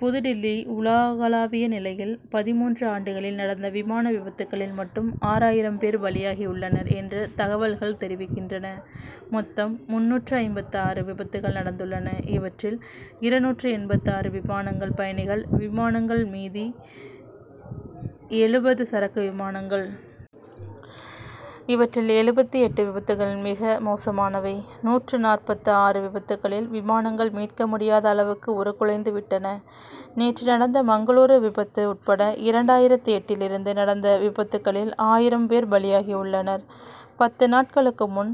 புதுடில்லி உலகளாவிய நிலையில், பதிமூன்று ஆண்டுகளில் நடந்த விமான விபத்துக்களில் மட்டும், ஆறாயிரம் பேர் பலியாகி உள்ளனர் என்று தகவல்கள் தெரிவிக்கின்றன. மொத்தம் முன்னூற்று ஐம்பத்து ஆறு விபத்துக்கள் நடந்துள்ளன. இவற்றில் இருநூற்று எண்பத்து ஆறு விமானங்கள், பயணிகள் விமானங்கள். மீதி எழுபது சரக்கு விமானங்கள். இவற்றில் எழுபத்து எட்டு விபத்துக்கள் மிக மோசமானவை. நூற்று நாற்பத்து ஆறு விபத்துக்களில், விமானங்கள் மீட்க முடியாத அளவுக்கு, உருக்குலைந்து விட்டன. நேற்று நடந்த மங்களூரு விபத்து உட்பட இரண்டாயிரத்து எட்டிலிருந்து நடந்த விபத்துக்களில் ஆயிரம் பேர் பலியாகியுள்ளனர். பத்து நாட்களுக்கு முன்,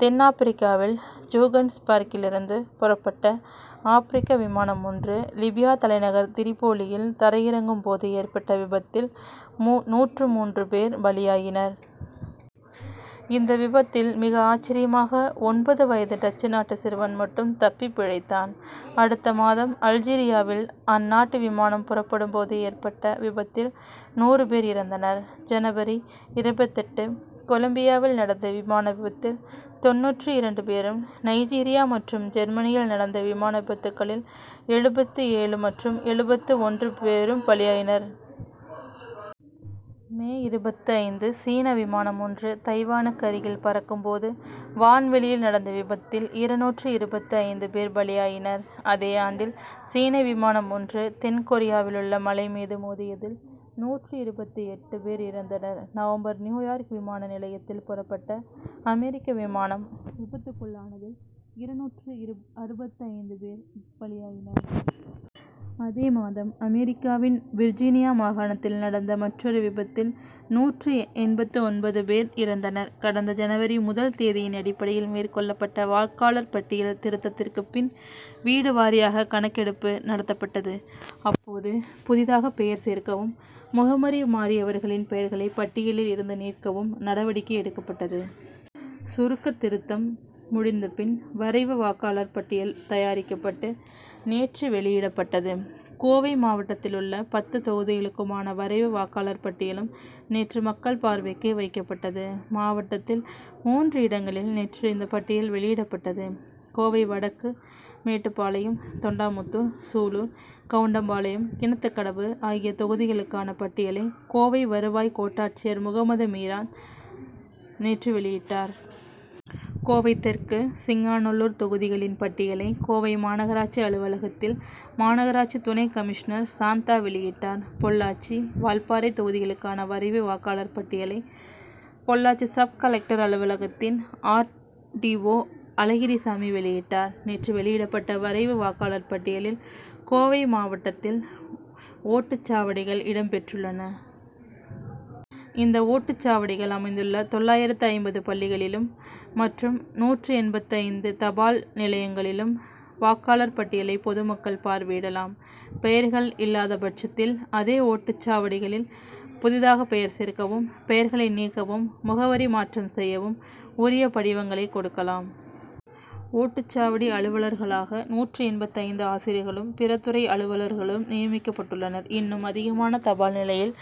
தென்னாப்ரிக்காவின் ஜோகன்னஸ் பர்க்கிலிருந்து புறப்பட்ட அப்ரிக்கியா விமானம் ஒன்று லிபியா தலைநகர் திரிபோலியில் தரையிறங்கும் போது ஏற்பட்ட விபத்தில் நூற்று மூன்று பேர் பலியாயினர். இந்த விபத்தில் மிக ஆச்சரியமாக, ஒன்பது வயது டச்சு நாட்டு சிறுவன் மட்டும் தப்பி பிழைத்தான். அடுத்த மாதம், அல்ஜீரியாவில் அந்நாட்டு விமானம் புறப்படும் போது ஏற்பட்ட விபத்தில் நூறு பேர் இறந்தனர். ஜனவரி இருபத்தெட்டு கொலம்பியாவில் நடந்த விமான விபத்தில் தொண்ணூற்று இரண்டு பேரும், நைஜீரியா மற்றும் ஜெர்மனியில் நடந்த விமான விபத்துக்களில், எழுபத்து ஏழு மற்றும் எழுபத்து ஒன்று பேரும் பலியாயினர். மே இருபத்து ஐந்து சீன விமானம் ஒன்று தைவானுக்கு அருகில் பறக்கும் போது, வான்வெளியில் நடந்த விபத்தில், இருநூற்று இருபத்து ஐந்து பேர் பலியாயினர். அதே ஆண்டில், சீன விமானம் ஒன்று தென்கொரியாவிலுள்ள மலை மீது மோதியதில் நூற்று இருபத்து எட்டு பேர் இறந்தனர். நவம்பர் நியூயார்க் விமான நிலையத்தில் புறப்பட்ட அமெரிக்க விமானம் விபத்துக்குள்ளானதில், இருநூற்று அறுபத்து ஐந்து பேர் பலியாயினர். அதே மாதம் அமெரிக்காவின் விர்ஜீனியா மாகாணத்தில் நடந்த மற்றொரு விபத்தில், நூற்று எண்பத்து ஒன்பது பேர் இறந்தனர். கடந்த ஜனவரி முதல் தேதியின் அடிப்படையில் மேற்கொள்ளப்பட்ட வாக்காளர் பட்டியல் திருத்தத்திற்குப் பின், வீடு வாரியாக கணக்கெடுப்பு நடத்தப்பட்டது. அப்போது, புதிதாக பெயர் சேர்க்கவும், முகவரி மாறியவர்களின் பெயர்களைப் பட்டியலில் இருந்து நீக்கவும் நடவடிக்கை எடுக்கப்பட்டது. சுருக்க திருத்தம் முடிந்தபின், வரைவு வாக்காளர் பட்டியல் தயாரிக்கப்பட்டு, நேற்று வெளியிடப்பட்டது. கோவை மாவட்டத்திலுள்ள பத்து தொகுதிகளுக்குமான வரைவு வாக்காளர் பட்டியலும் நேற்று மக்கள் பார்வைக்கு வைக்கப்பட்டது. மாவட்டத்தில் மூன்று இடங்களில் நேற்று இந்த பட்டியல் வெளியிடப்பட்டது. கோவை வடக்கு, மேட்டுப்பாளையம், தொண்டாமுத்தூர், சூலூர், கவுண்டம் பாளையம், கிணத்துக்கடவு ஆகிய தொகுதிகளுக்கான பட்டியலை, கோவை வருவாய் கோட்டாட்சியர் முகம்மது மீரான் நேற்று வெளியிட்டார். கோவை தெற்கு, சிங்காநல்லூர் தொகுதிகளின் பட்டியலை, கோவை மாநகராட்சி அலுவலகத்தில் மாநகராட்சி துணை கமிஷனர் சாந்தா வெளியிட்டார். பொள்ளாச்சி, வால்பாறை தொகுதிகளுக்கான வரைவு வாக்காளர் பட்டியலை, பொள்ளாச்சி சப்-கலெக்டர் அலுவலகத்தில் ஆர். டி. ஓ. அழகிரிசாமி வெளியிட்டார். நேற்று வெளியிடப்பட்ட வரைவு வாக்காளர் பட்டியலில் கோவை மாவட்டத்தில் ஓட்டுச்சாவடிகள் இடம் பெற்றுள்ளன. இந்த ஓட்டு சாவடிகள் அமைந்துள்ள தொள்ளாயிரத்து ஐம்பது பள்ளிகளிலும் மற்றும் நூற்று எண்பத்து ஐந்து தபால் நிலையங்களிலும் வாக்காளர் பட்டியலை பொது மக்கள் பார்வையிடலாம். பெயர்கள் இல்லாதபட்சத்தில் அதே ஓட்டுச் சாவடிகளில் புதிதாக பெயர் சேர்க்கவும் பெயர்களை நீக்கவும் முகவரி மாற்றம் செய்யவும் உரிய படிவங்களைக் கொடுக்கலாம். ஓட்டுச்சாவடி அலுவலர்களாக நூற்று எண்பத்து ஐந்து ஆசிரியர்களும் பிற துறை அலுவலர்களும் நியமிக்கப்பட்டுள்ளனர். இன்னும் அதிகமான தபால் நிலையில்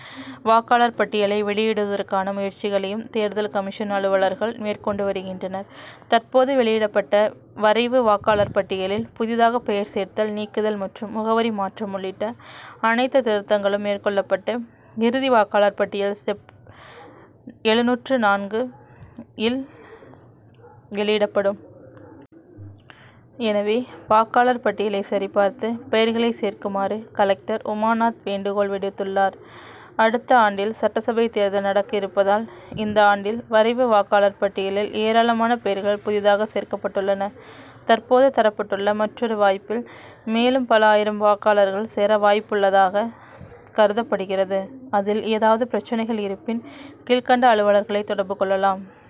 வாக்காளர் பட்டியலை வெளியிடுவதற்கான முயற்சிகளையும் தேர்தல் கமிஷன் அலுவலர்கள் மேற்கொண்டு வருகின்றனர். தற்போது வெளியிடப்பட்ட வரைவு வாக்காளர் பட்டியலில் புதிதாக பெயர் சேர்த்தல், நீக்குதல் மற்றும் முகவரி மாற்றம் உள்ளிட்ட அனைத்துத் திருத்தங்களும் மேற்கொள்ளப்பட்டு, இறுதி வாக்காளர் பட்டியல் செப் எழுநூற்று நான்கு இல் வெளியிடப்படும். எனவே வாக்காளர் பட்டியலைச் சரி பார்த்து, பெயர்களைச் சேர்க்குமாறு கலெக்டர் உமாநாத் வேண்டுகோள் விடுத்துள்ளார். அடுத்த ஆண்டில் சட்டசபைத் தேர்தல் நடக்க இருப்பதால், இந்த ஆண்டில் வரைவு வாக்காளர் பட்டியலில் ஏராளமான பெயர்கள் புதிதாகச் சேர்க்கப்பட்டுள்ளன. தற்போது தரப்பட்டுள்ள மற்றொரு வாய்ப்பில் மேலும் பல ஆயிரம் வாக்காளர்கள் சேர வாய்ப்புள்ளதாகக் கருதப்படுகிறது. அதில் ஏதாவது பிரச்னைகள் இருப்பின் கீழ்க்கண்ட அலுவலர்களை தொடர்பு கொள்ளலாம்.